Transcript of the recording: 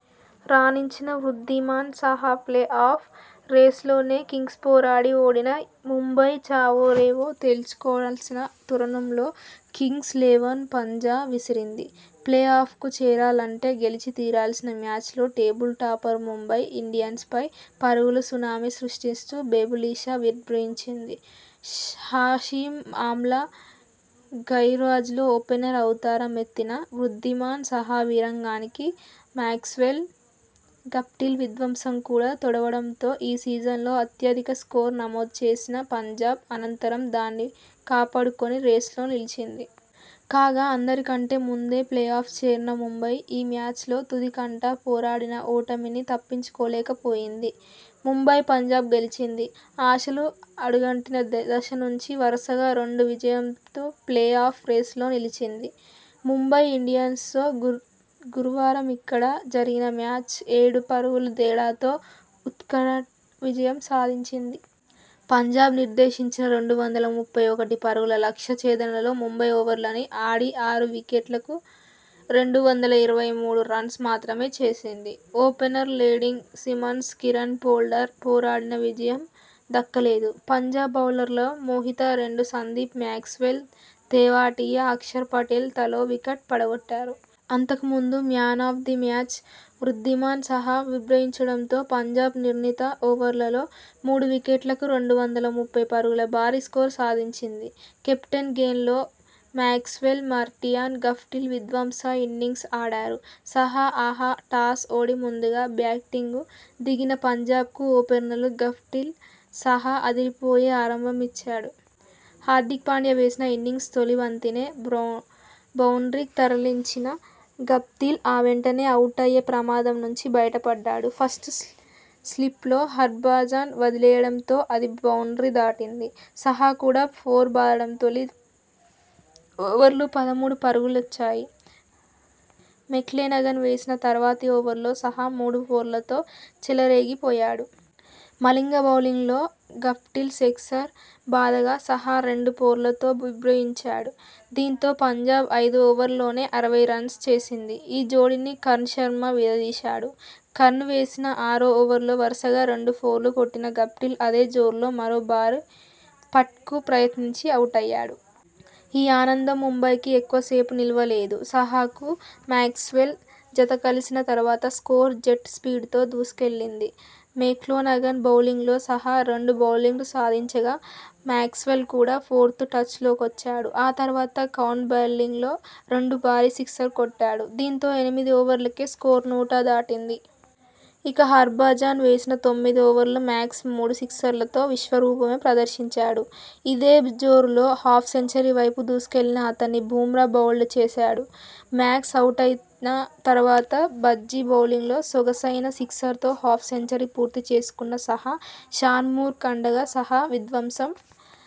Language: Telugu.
రాణించిన వృద్ధిమాన్ సాహా ప్లే ఆఫ్ రేసులోనే కింగ్స్పోరాడి ఓడిన ముంబై చావో రేవో తేల్చుకోవాల్సిన తరుణంలో కింగ్స్ లెవెన్ 'పంజా' విసిరింది. ప్లే ఆఫ్కు చేరాలంటే గెలిచి తీరాల్సిన మ్యాచ్లో టేబుల్ టాపర్ ముంబై ఇండియన్స్పై పరుగుల సునామీ సృష్టిస్తూ బెబ్బులిలా విజృంభించింది. హషీమ్ ఆమ్లా గైర్హాజరీలో ఓపెనర్ అవతార మెత్తిన వృద్ధిమాన్ సాహా వీరంగానికి మాక్స్వెల్, గప్టిల్ విధ్వంసం కూడా తోడవడంతో ఈ సీజన్లో అత్యధిక స్కోరు నమోదు చేసిన పంజాబ్, అనంతరం దాన్ని కాపాడు కొని రేసులో నిలిచింది. కాగా, అందరి కంటే ముందే ప్లే ఆఫ్ చేరిన ముంబై ఈ మ్యాచ్లో తుది కంటా పోరాడినా ఓటమిని తప్పించుకోలేకపోయింది. ముంబై పంజాబ్ గెలిచింది. ఆశలు అడుగంటిన దశ నుంచి వరుసగా రెండో విజయంతో ప్లే ఆఫ్ రేసులో నిలిచింది. ముంబై ఇండియన్స్తో గురువారమిక్కడ జరిగిన మ్యాచ్లో ఏడు పరుగుల తేడాతో ఉత్కంఠ విజయం సాధించింది. పంజాబ్ నిర్దేశించిన రెండు వందల ముప్పై ఒకటి పరుగుల లక్ష్య ఛేదనలో ముంబై ఓవర్లన్నీ ఆడి ఆరు వికెట్లకు రెండు వందల ఇరవై మూడు రన్స్ మాత్రమే చేసింది. Opener Lendl Simmons, Kieron Pollard పోరాడినా విజయం దక్కలేదు. పంజాబ్ బౌలర్లలో మోహిత రెండు, సందీప్, మాక్స్వెల్, తెవాటియా, అక్షర్ పటేల్ తలో వికెట్ పడగొట్టారు. అంతకు ముందు 'man of the match' Wriddhiman Saha విజృంభించడంతో పంజాబ్ నిర్ణీత ఓవర్లలో మూడు వికెట్లకు రెండు వందల ముప్పై పరుగుల భారీ స్కోరు సాధించింది. Captain Glenn Maxwell, Martin Guptill విధ్వంసక ఇన్నింగ్స్ ఆడారు. సాహా, ఆహా టాస్ ఓడి ముందుగా బ్యాటింగ్కు దిగిన పంజాబ్కు ఓపెనర్లు గప్టిల్, సాహా అదిరి పోయే ఆరంభాన్నిచ్చారు. హార్దిక్ పాండ్యా వేసిన ఇన్నింగ్స్ తొలి బంతినే బౌండ్రీకి తరలించిన గప్టిల్ ఆ వెంటనే అవుటయ్యే ప్రమాదం నుంచి బయట పడ్డాడు. ఫస్ట్ స్లిప్లో హర్భజన్ వదిలేయడంతో అది బౌండ్రీ దాటింది. సాహా కూడా ఫోర్ బాదడంతో తొలి ఓవర్లో పదమూడు పరుగులొచ్చాయి. మెక్లెనగన్ వేసిన తర్వాతి ఓవర్లో సాహా మూడు ఫోర్లతో చెలరేగి పోయాడు. మలింగ బౌలింగ్లో గప్టిల్ సిక్సర్ బాదగా సాహా రెండు ఫోర్లతో విజృంభించాడు. దీంతో పంజాబ్ ఐదు ఓవర్లలోనే అరవై రన్స్ చేసింది. ఈ జోడీని కర్ణ్ శర్మ విడదీశాడు. కర్ణ్ వేసిన ఆరో ఓవర్లో వరుసగా రెండు ఫోర్లు కొట్టిన గప్టిల్ అదే జోరులో మరో భారీ షాట్కు ప్రయత్నించి అవుటయ్యాడు. ఈ ఆనందం ముంబైకి ఎక్కువ సేపు నిలవలేదు. సాహాకు మాక్స్వెల్ జతకలిసిన తర్వాత స్కోరు జెట్ స్పీడ్తో దూసుకెళ్లింది. మెక్లెనగన్ బౌలింగ్లో సాహా రెండు బౌండ్రీలు సాధించగా, మాక్స్వెల్ కూడా ఫోర్తో టచ్లోకొచ్చాడు. ఆ తర్వాత కర్ణ్ బౌలింగ్లో రెండు భారీ సిక్సర్లు కొట్టాడు. దీంతో ఎనిమిది ఓవర్లకే స్కోరు నూట దాటింది. ఇక హర్భజన్ వేసిన తొమ్మిదో ఓవర్లో మాక్సీ మూడు సిక్సర్లతో విశ్వరూపమే ప్రదర్శించాడు. ఇదే జోరులో హాఫ్ సెంచరీ వైపు దూసుకెళ్లిన అతన్ని బుమ్రా బౌల్డ్ చేశాడు. మాక్స్ అవుటైన తర్వాత భజ్జీ బౌలింగ్లో సొగసైన సిక్సర్తో హాఫ్ సెంచరీ పూర్తి చేసుకున్న సాహా, షాన్ మార్ష్ అండగా సాహా విధ్వంసం